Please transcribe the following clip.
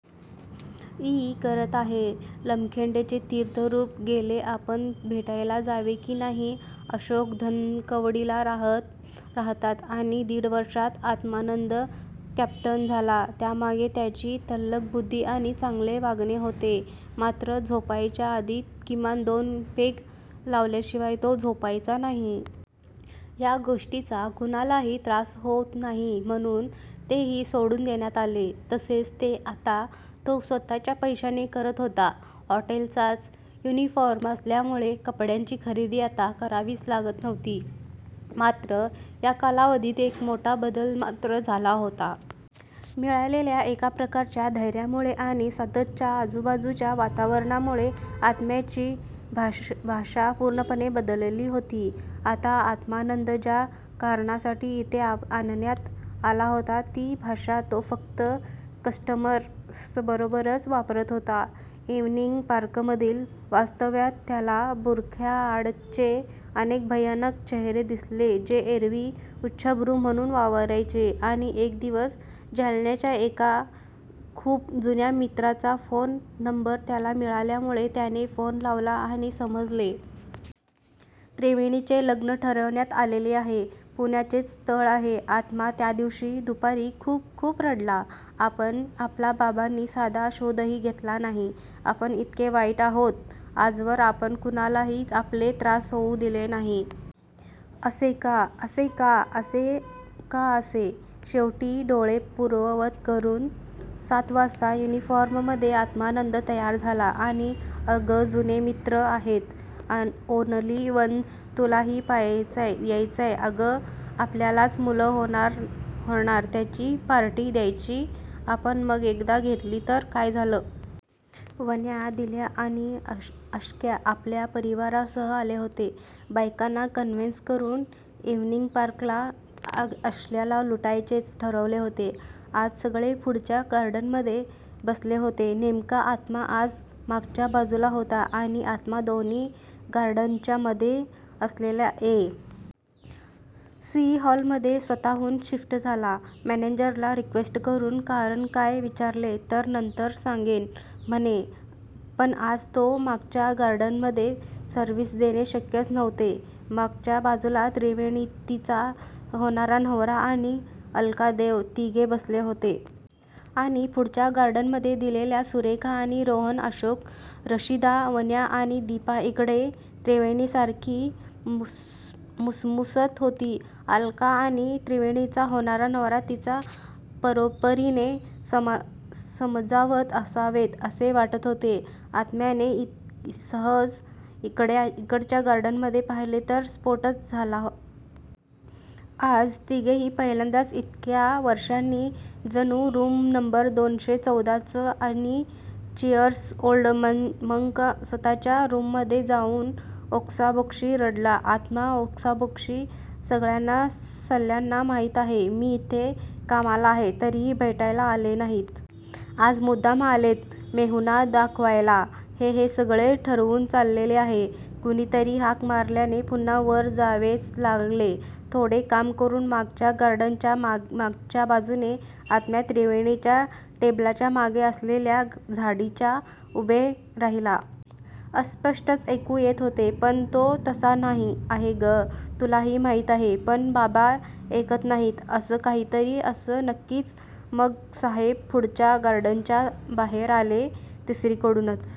E करत आहेत, लामखडेंचे तीर्थरूप गेले, आपण भेटायला जावे की नाही? अशोक धनकवडीला राहतात. आणि दिड वर्षात आत्मानंद कॅप्टन झाला! त्यामागे त्याची तल्लख बुद्धी आणि चांगले वागणे होते. मात्र झोपायच्या आधी किमान दोन पेग लावल्याशिवाय तो झोपायचा नाही. या गोष्टीचा कुणालाही त्रास होत नाही म्हणून तेही सोडून देण्यात आले. तसेच, ते आता तो स्वतःच्या पैशाने करत होता. हॉटेलचाच युनिफॉर्म असल्यामुळे कपड्यांची खरेदी आता करावीच लागत नव्हती. मात्र. या कालावधीत एक मोठा बदल मात्र झाला होता. मिळालेल्या एक प्रकारच्या स्थैर्यामुळे आणि सततच्या आजूबाजूच्या वातावरणामुळे आत्म्याची भाषा पूर्ण बदललेली होती. आता आत्मानंद ज्या कारणासाठी इथे आणण्यात आला होता ती भाषा तो फक्त कस्टमर्सबरोबरच वापरत होता. इव्हिनिंग पार्कमधील वास्तव्यात त्याला बुरख्यांआडचे अनेक भयाण चेहरे दिसले जे एरवी उच्चभ्रू म्हणून वावरायचे आणि एक दिवस जालन्याच्या एका खूप जुन्या मित्राचा फोन नंबर त्याला मिळाल्यामुळे त्याने फोन लावला आणि समजले. त्रिवेणीचे लग्न ठरण्यात आलेले आहे. पुण्याचेच स्थळ आहे.. आत्मा त्या दिवशी दुपारी खूप खूप रडला आपला बाबांनी साधा शोधही घेतलेला नाही. आपण इतके वाइट आहोत? आजवर आपण कुणालाही आपला त्रास होऊ दिलेला नाही. असे का? असे का? का असे? शेवटी डोळे पुर्ववत करून सात वाजता युनिफॉर्ममध्ये आत्मानंद तयार झाला. आणि "अगं जुने मित्रं आहेत. ओनली वन्स तुलाही यायचंय " "अगं आपल्यालाच मूल होणार त्याची पार्टी द्यायचीय आपण मग एकदा घेतली तर काय झालं? " वन्या, दिल्या आणि अश्क्या आपापल्या परिवारासह आले होते. बायकांना कन्व्हिन्स करून इव्हिनिंग पार्कला! अश्क्याला लुटायचेच ठरवले होते आज सगळे पुढच्या गार्डनमध्ये बसले होते. नेमका आत्मा आज मागच्या बाजूला होता. आणि आत्मा दोन्ही गार्डनच्यामध्ये असलेल्या ए. सी. हॉलमध्ये स्वतःहून शिफ्ट झाला. मॅनेजरला रिक्वेस्ट करून! कारण काय विचारले तर 'नंतर सांगेन' म्हणे! पण आज तो मागच्या गार्डनमध्ये सर्व्हिस देणे शक्यच नव्हते. मागच्या बाजूला त्रिवेणी तिचा होणारा नवरा आणि अलका देव तिघे बसले होते. आणि पुढच्या गार्डनमध्ये दिल्या, सुरेखा, रोहन, अशोक, रशिदा, वन्या आणि दीपा इकडे त्रिवेणी सारखी मुसमुसत होती. अलका आणि त्रिवेणीचा होणारा नवरा तिला परोपरीने समजावत असावेत असे वाटत होते. आत्म्याने सहज इकडच्या गार्डनमध्ये पाहिले तर स्फोटच झाला. आज तिघेही पहिल्यांदाच इतक्या वर्षांनी.. जणू रूम नंबर दोनशे चौदा च आणि चीअर्स ओल्ड मंक स्वतःच्या रूममध्ये जाऊन ओक्साबोक्शी रडला आत्मा! ओक्साबोक्शी! सगळ्यांना साल्यांना माहीत आहे. मी इथे कामाला आहे.. तरीही भेटायला आले नाहीत.. आज मुद्दाम आले आहेत. मेहुणा दाखवायला हे-हे सगळे ठरवून चाललेले आहे. कुणीतरी हाक मारल्याने पुन्हा वर जावेच लागले थोडे काम करून मागच्या गार्डनच्या मागच्या बाजूने आत्मा त्रिवेणीच्या टेबलच्या मागे असलेल्या झाडीच्या मागे उभा राहिला.. अस्पष्टच ऐकू येत होते.. पण.. 'तो तसा नाही आहे गं.. तुलाही माहीत आहे.. पण.. बाबा ऐकत नाहीत. ' असं काहीतरी असावं नक्कीच मग साहेब पुढच्या गार्डनच्या बाहेर आले. तिसरीचकडून.--